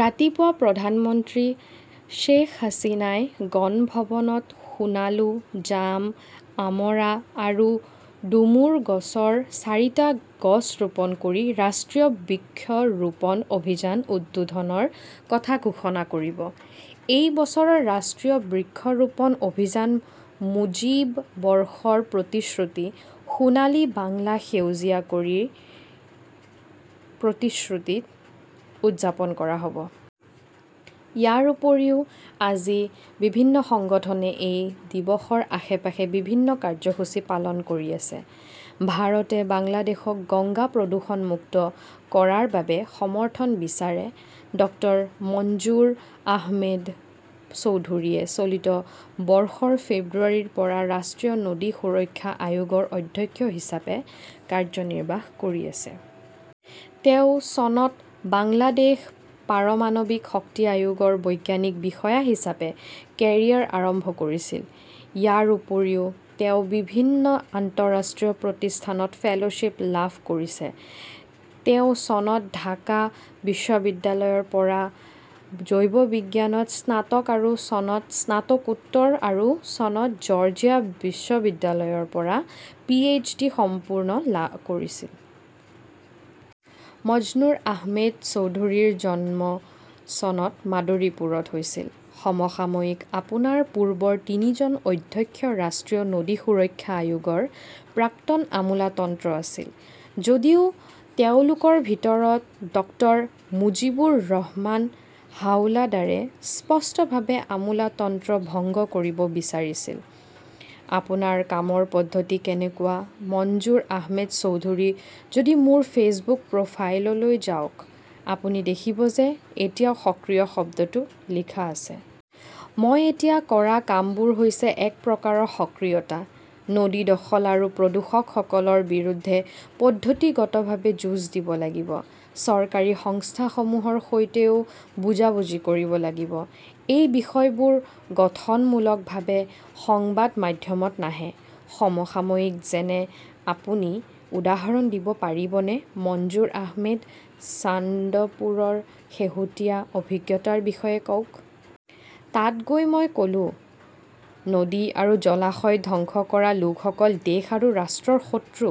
ৰাতিপুৱা প্ৰধানমন্ত্ৰী শ্বেখ হাছিনাই গণভৱনত সোণালু, জাম, আমৰা আৰু ডুমুৰ গছৰ চাৰিটা গছ ৰোপণ কৰি ৰাষ্ট্ৰীয় বৃক্ষ ৰোপণ অভিযান উদ্বোধনৰ কথা ঘোষণা কৰিব। এই বছৰৰ ৰাষ্ট্ৰীয় বৃক্ষৰোপণ অভিযান মুজীব বৰ্ষৰ প্ৰতিশ্ৰুতি, সোণালী বাংলা সেউজীয়া কৰি ‘ৰ প্ৰতিশ্ৰুতিত উদযাপন কৰা হ’ব। ইয়াৰ উপৰিও আজি বিভিন্ন সংগঠনে এই দিৱসৰ আশে-পাশে বিভিন্ন কাৰ্যসূচী পালন কৰি আছে। ভাৰতে বাংলাদেশক গংগা প্ৰদূষণমুক্ত কৰাৰ বাবে সমৰ্থন বিচাৰে ডক্টৰ মনজুৰ আহমেদ চৌধুৰীয়ে চলিত বৰ্ষৰ ফেব্ৰুৱাৰীৰ পৰা ৰাষ্ট্ৰীয় নদী সুৰক্ষা আয়োগৰ অধ্যক্ষ হিচাপে কাৰ্যনিৰ্বাহ কৰি আছে। তেওঁ চনত বাংলাদেশ পাৰমাণৱিক শক্তি আয়োগৰ বৈজ্ঞানিক বিষয়া হিচাপে কেৰিয়াৰ আৰম্ভ কৰিছিল। ইয়াৰ উপৰিও তেওঁ বিভিন্ন আন্তঃৰাষ্ট্ৰীয় প্ৰতিষ্ঠানত ফেল 'শ্বিপ লাভ কৰিছে। তেওঁ চনত ঢাকা বিশ্ববিদ্যালয়ৰ পৰা জৈৱবিজ্ঞানত স্নাতক আৰু চনত স্নাতকোত্তৰ আৰু চনত জৰ্জিয়া বিশ্ববিদ্যালয়ৰ পৰা পিএইচডি সম্পূৰ্ণ কৰিছিল। মঞ্জুৰ আহমেদ চৌধুৰীৰ জন্ম চনত মাদৰীপুৰত হৈছিল। সমসাময়িকঃ আপোনাৰ পূৰ্বৰ তিনিজন অধ্যক্ষ ৰাষ্ট্ৰীয় নদী সুৰক্ষা আয়োগৰ প্ৰাক্তন আমোলাতন্ত্ৰ আছিল। যদিও তেওঁলোকৰ ভিতৰত ডক্টৰ মুজীবুৰ ৰহমান হাওলাডাৰে স্পষ্টভাৱে আমোলাতন্ত্ৰ ভংগ কৰিব বিচাৰিছিল। আপোনাৰ কামৰ পদ্ধতি কেনেকুৱা মনজুৰ আহমেদ চৌধুৰীঃ যদি মোৰ ফেচবুক প্ৰফাইললৈ যাওক, আপুনি দেখিব যে এতিয়াও সক্ৰিয় শব্দটো লিখা আছে। মই এতিয়া কৰা কামবোৰ হৈছে এক প্ৰকাৰৰ সক্ৰিয়তা। নদী দখল আৰু প্ৰদূষকসকলৰ বিৰুদ্ধে পদ্ধতিগতভাৱে যুঁজ দিব লাগিব। চৰকাৰী সংস্থাসমূহৰ সৈতেও বুজাবুজি কৰিব লাগিব। এই বিষয়বোৰ গঠনমূলকভাৱে সংবাদ মাধ্যমত নাহে। সমসাময়িকঃ যেনে আপুনি উদাহৰণ দিব পাৰিবনে মনজুৰ আহমেদঃ চান্দপুৰৰ শেহতীয়া অভিজ্ঞতাৰ বিষয়ে কওক। তাত গৈ মই ক 'লো-নদী আৰু জলাশয় ধ্বংস কৰা লোকসকল দেশ আৰু ৰাষ্ট্ৰৰ শত্ৰু।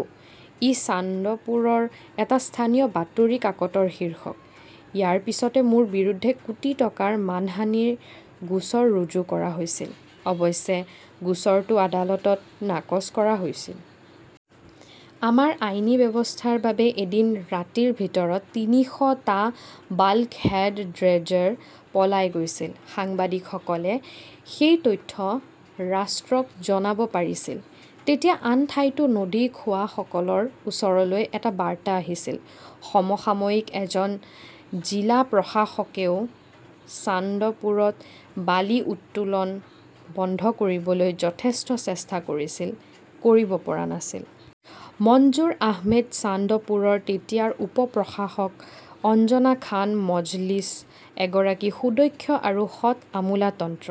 ই চান্দপুৰৰ এটা স্থানীয় বাতৰি কাকতৰ শীৰ্ষক। ইয়াৰ পিছতে মোৰ বিৰুদ্ধে কোটি টকাৰ মানহানিৰ গোচৰ ৰুজু কৰা হৈছিল। অৱশ্যে গোচৰটো আদালতত নাকচ কৰা হৈছিল। আমাৰ আইনী ব্যৱস্থাৰ বাবে এদিন ৰাতিৰ ভিতৰত তিনিশ টা বাল্কহেড ড্ৰেজাৰ পলাই গৈছিল। সাংবাদিকসকলে সেই তথ্য ৰাষ্ট্ৰক জনাব পাৰিছিল। তেতিয়া আন ঠাইতো নদী খোৱাসকলৰ ওচৰলৈ এটা বাৰ্তা আহিছিল। সমসাময়িকঃ এজন জিলা প্ৰশাসকেও চান্দপুৰত বালি উত্তোলন বন্ধ কৰিবলৈ যথেষ্ট চেষ্টা কৰিছিল, কৰিব পৰা নাছিল। মনজুৰ আহমেদঃ চান্দপুৰৰ তেতিয়াৰ উপ-প্ৰশাসক অঞ্জনা খান মজলিছ এগৰাকী সুদক্ষ আৰু সৎ আমোলাতন্ত্ৰ।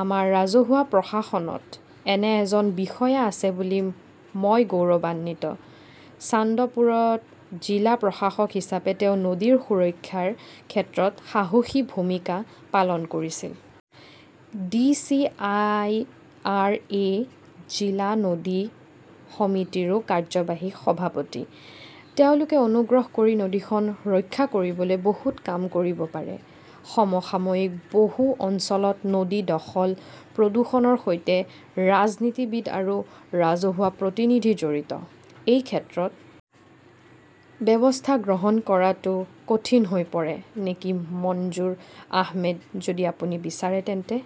আমাৰ ৰাজহুৱা প্ৰশাসনত এনে এজন বিষয়া আছে বুলি মই গৌৰৱান্বিত। চান্দপুৰত জিলা প্ৰশাসক হিচাপে তেওঁ নদীৰ সুৰক্ষাৰ ক্ষেত্ৰত সাহসী ভূমিকা পালন কৰিছিল। D. C. I. R. A. জিলা নদী সমিতিৰো কাৰ্যবাহী সভাপতি। তেওঁলোকে অনুগ্ৰহ কৰি নদীখন ৰক্ষা কৰিবলৈ বহুত কাম কৰিব পাৰে। সমসাময়িকঃ বহু অঞ্চলত নদী দখল-প্ৰদূষণৰ সৈতে ৰাজনীতিবিদ বা ৰাজহুৱা প্ৰতিনিধি জড়িত। এই ক্ষেত্ৰত ব্যৱস্থা গ্ৰহণ কৰাটো কঠিন হৈ পৰে নেকি মনজুৰ আহমেদঃ যদি আপুনি বিচাৰে তেন্তে